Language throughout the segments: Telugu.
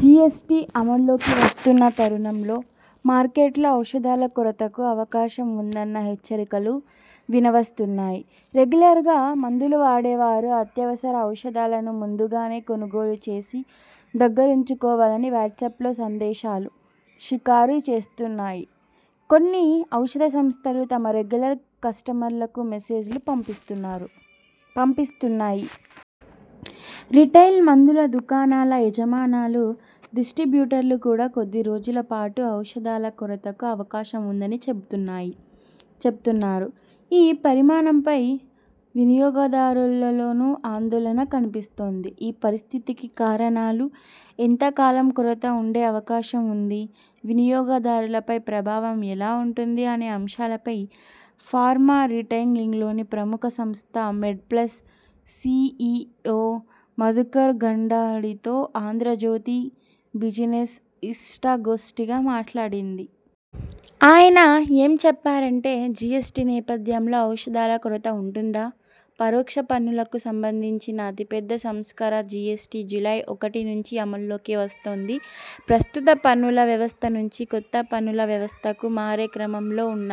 జిఎస్టి అమల్లోకి వస్తున్న తరుణంలో మార్కెట్లో ఔషధాల కొరతకు అవకాశం ఉందన్న హెచ్చరికలు వినవస్తున్నాయి. రెగ్యులర్గా మందులు వాడేవారు అత్యవసర ఔషధాలను ముందు గానే కొనుగోలు చేసి దగ్గరుంచుకోవాలని వాట్స్పలో సందేశాలు షికారు చేస్తున్నాయి. కొన్ని ఔషధ సంస్థలు తమ రెగ్యులర్ కస్టమర్లకు మెసేజ్లు పంపిస్తున్నాయి. రిటైల్ మందుల దుకాణాల యజమానులు, డిస్ట్రిబ్యూటర్లు కూడా కొద్దిరోజుల పాటు ఔషధాల కొరతకు అవకాశం ఉందని చెబుతున్నారు. ఈ పరిణామంపై వినియోగదారుల్లోనూ ఆందోళన కనపిస్తోంది. ఈ పరిస్థితికి కారణాలు, ఎంత కాలం కొరత ఉండే అవకాశం ఉంది, వినియోగదారులపై ప్రభావం ఎలా ఉంటుంది అనే అంశాలపై ఫార్మా రిటైలింగ్లోని ప్రముఖ సంస్థ మెడ్ప్లస్ సిఇఒ మధుకర్ గంగాడితో 'ఆంధ్రజ్యోతి బిజినెస్' ఇష్టాగోష్ఠిగా మాట్లాడింది. ఆయన ఏం చెప్పారంటే జిఎస్టి నేపథ్యంలో ఔషధాల కొరత ఉంటుందా? పరోక్ష పన్నులకు సంబంధించిన అతిపెద్ద సంస్కరణ జిఎస్టి జూలై ఒకటి నుంచి అమల్లోకి వస్తోంది. ప్రస్తుత పన్నుల వ్యవస్థ నుంచి కొత్త పన్నుల వ్యవస్థకు మారే క్రమంలో ఉన్న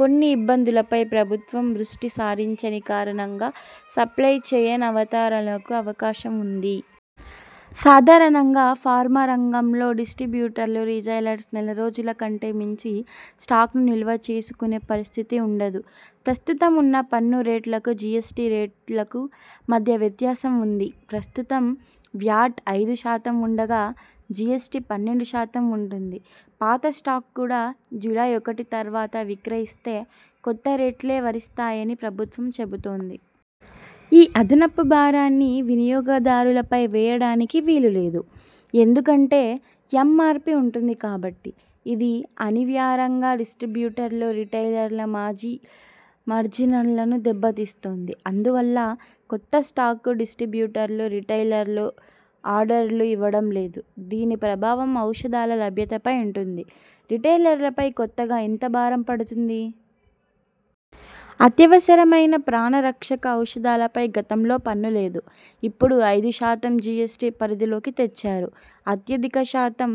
కొన్ని ఇబ్బందులపై ప్రభుత్వం దృష్టి సారించని కారణంగా సప్లై చెయిన్ అవాంతరాలకు అవకాశం ఉంది. సాధారంగా ఫార్మా రంగంలో డిస్ట్రిబ్యూటర్స్, రిటైలర్స్ నెల రోజుల కంటే మించి స్టాక్స్ను నిల్వ చేసుకునే పరిస్థితి ఉండదు. ప్రస్తుతమున్న పన్ను రేట్లకు జిఎస్టి రేట్లకు మధ్య వ్యత్యాసం ఉంది. ప్రస్తుతం వ్యాట్ ఐదు శాతం ఉండగా, జిఎస్టి పన్నెండు శాతం ఉంటుంది. పాత స్టాక్ను కూడా జూలై ఒకటి తర్వాత విక్రయిస్తే కొత్త రేట్లే వర్తిసాయని ప్రభుత్వం చెబుతోంది. ఈ అదనపు భారాన్ని వినియోగదారులపై వేయడానికి వీలులేదు. ఎందుకంటే ఎంఆర్పి ఉంటుంది కాబట్టి. ఇది అనివార్యంగా డిస్ట్రిబ్యూటర్లు, రిటైలర్ల మార్జిన్లను దెబ్బతీస్తుంది. అందువల్ల కొత్త స్టాక్స్కు డిస్ట్రిబ్యూటర్లు, రిటైలర్లు ఆర్డర్లు ఇవ్వడం లేదు. దీని ప్రభావం ఔషధాల లభ్యతపై ఉంటుంది. రిటైలర్లపై కొత్తగా ఎంత భారం పడుతుంది? అత్యవసరమైన ప్రాణ రక్షక ఔషధాలపై గతంలో పన్ను లేదు. ఇప్పుడు ఐదు శాతం జిఎస్టి పరిధిలోకి తెచ్చారు. అత్యధిక శాతం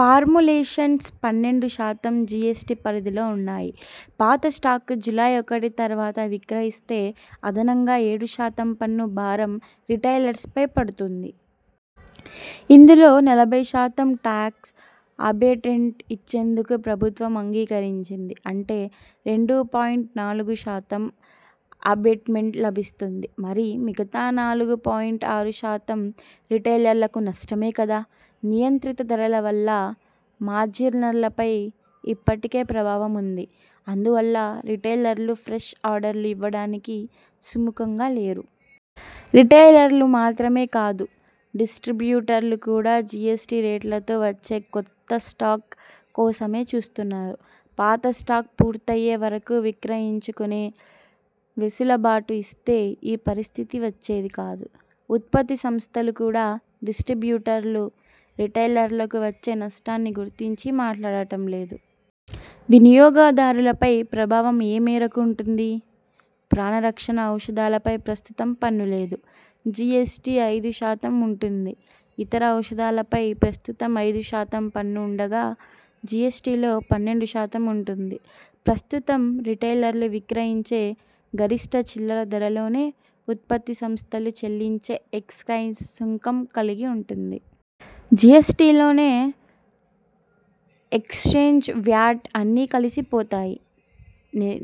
ఫార్ములేషన్స్ పన్నెండు శాతం జిఎస్టి పరిధిలో ఉన్నాయి. పాత స్టాక్ను జూలై ఒకటి తర్వాత విక్రయిస్తే అదనంగా ఏడు శాతం పన్ను భారం రిటైలర్స్పై పడుతుంది. ఇందులో నలభై శాతం టాక్స్ అబేట్మెంట్ ఇచ్చేందుకు ప్రభుత్వం అంగీకరించింది. అంటే రెండు పాయింట్ నాలుగు శాతం అబేట్మెంట్ లభిస్తుంది. మరి మిగతా నాలుగు పాయింట్ ఆరు శాతం రిటైలర్కు నష్టమే కదా? నియంత్రిత ధరల వల్ల మార్జిన్లపై ఇప్పటికే ప్రభావం ఉంది. అందువల్ల రిటైలర్లు ఫ్రెష్ ఆర్డర్లు ఇవ్వడానికి సుముఖంగా లేరు. రిటైలర్లు మాత్రమే కాదు. డిస్ట్రిబ్యూటర్లు కూడా జిఎస్టి రేట్లతో వచ్చే కొత్త స్టాక్ కోసమే చూస్తున్నారు. పాత స్టాక్ పూర్తయ్యే వరకు విక్రయించుకునే వెసులుబాటు ఇస్తే ఈ పరిస్థితి వచ్చేది కాదు. ఉత్పత్తి సంస్థలు కూడా డిస్ట్రిబ్యూటర్లు, రిటైలర్లకు వచ్చే నష్టాన్ని గురించి మాట్లాడటం లేదు. వినియోగదారులపై ప్రభావం ఏ మేరకు ఉంటుంది? ప్రాణ రక్షణ ఔషధాలపై ప్రస్తుతం పన్ను లేదు. జిఎస్టి ఐదు శాతం ఉంటుంది. ఇతర ఔషధాలపై ప్రస్తుతం ఐదు శాతం పన్ను ఉండగా జిఎస్టిలో పన్నెండు శాతం ఉంటుంది. ప్రస్తుతం రిటైలర్లు విక్రయించే గరిష్ఠ చిల్లర ధరలోనే ఉత్పత్తి సంస్థలు చెల్లించే ఎక్సైజ్ సుంకం కలిసి ఉంటుంది. జిఎస్టిలో ఎక్సైజ్, వ్యాట్ అన్నీ కలిసి పోతాయి.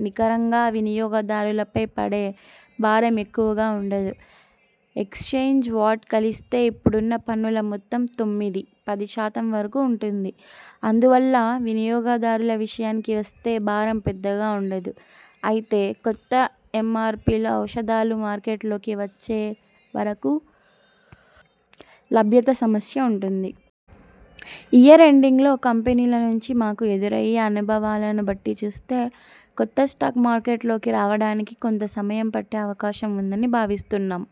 నికరంగా వినియోగదారులపై పడే భారం ఎక్కువగా ఉండదు. ఎక్సైజ్, వాట్ కలిస్తే ఇప్పుడున్న పన్నుల మొత్తం తొమ్మిది ,పది శాతం వరకు ఉంటుంది. అందువల్ల వినియోగదారుల విషయానికి వస్తే భారం పెద్దగా ఉండదు. అయితే కొత్త ఎంఆర్పిలో ఔషధాలు మార్కెట్లోకి వచ్చే వరకు లభ్యత సమస్య ఉంటుంది. ఇయర్ ఎండింగ్లో కంపెనీల నుంచి మాకు ఎదురయ్యే అనుభవాలను బట్టి చూస్తే కొత్త స్టాక్ మార్కెట్లోకి రావడానికి కొంత సమయం పట్టే అవకాశం ఉందని భావిస్తున్నాం.